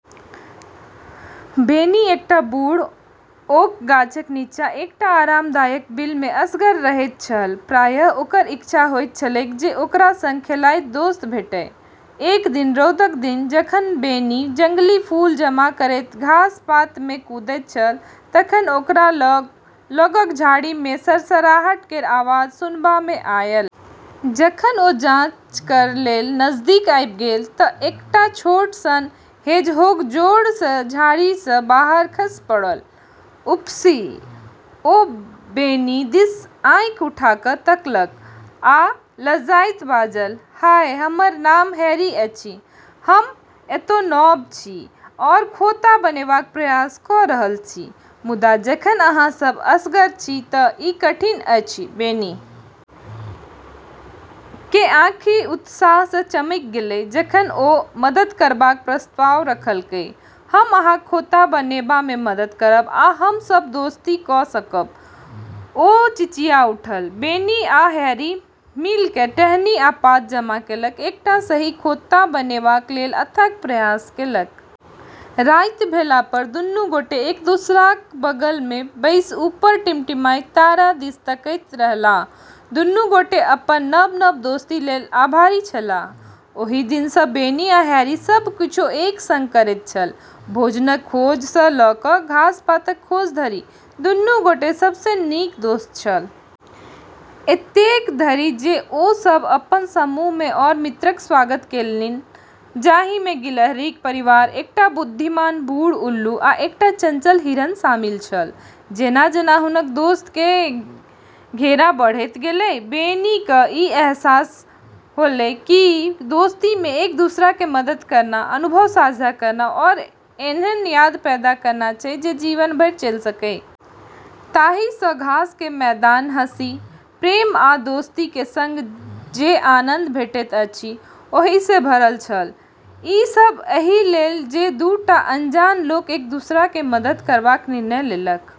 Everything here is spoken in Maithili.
बेनी एकटा बूढ़ ओक गाछक नीचाँ एकटा आरामदायक बिल मे असगर रहैत छल, प्रायः ओकर इच्छा होइत छलैक जे ओकरा संग खेलाइत दोस्त भेटय। एक दिन रौदक दिन जखन बेनी जंगली फूल जमा करैत घास-पात मे कूदैत छल तखन ओकरा लग लगक झाड़ी सँ सरसराहट केर आवाज सुनबा मे आयल। जखन ओ जांच कर' लेल नजदीक आबि गेल त' एकटा छोट सन हेजहोग जोर सँ झाड़ी सँ बाहर खसि पड़ल, "उफसी!" ओ बेनी दिस आँखि उठा क' तकलक आ लजाइत बाजल, "हाय, हमर नाम हैरी अछि, हम एत' नव छी आओर खोंता बनेबाक प्रयास क' रहल छी, मुदा जखन अहाँ सभ असगर छी त' ई कठिन अछि।"बेनी के आँखि उत्साह सॅं चमकि गेलै जखन ओ मदद करबाक प्रस्ताव रखलकै, "हम अहाँक खोंता बनेबा मे मदद करब आ हम सभ दोस्ती क' सकब!" ओ चिचिया उठल। बेनी आ हैरी मिलिकय टहनी आ पात जमा केलक, एकटा सही खोंता बनेबाक लेल अथक प्रयास केलक। राति भेला पर दुनू गोटे एक दोसराक बगल मे बैसि ऊपर टिमटिमाइत तारा दिस तकैत रहलाह, दुनू गोटे अपन नव-नव दोस्ती लेल आभारी छलाह। ओहि दिन सँ बेनी आ हैरी सब किछु एक संग करैत छल, भोजनक खोज सँ ल' क' घास-पातक खोज धरि, दुनू गोटे सबसँ नीक दोस्त छल। एतेक धरि जे ओ सभ अपन समूह मे आओर मित्रक स्वागत केलनि, जाहि मे गिलहरीक परिवार, एकटा बुद्धिमान बूढ़ उल्लू, आ एकटा चंचल हिरण शामिल छल। जेना-जेना हुनक दोस्त के घेरा बढ़त गेलै, बेनी क ई अहसास होलै कि दोस्ती मे एक-दूसरा के मदद करना, अनुभव साझा करना, आरू ऐन्हन याद पैदा करना छै जे जीवन भर चलै छै। तहिया सँ घास के मैदान हँसी, प्रेम आ दोस्ती के संग जे आनन्द भेटैत अछि, ओहि सँ भरल छल, ई सब एहि लेल जे दू टा अनजान लोक एक दोसरा के मदद करबाक निर्णय लेलक।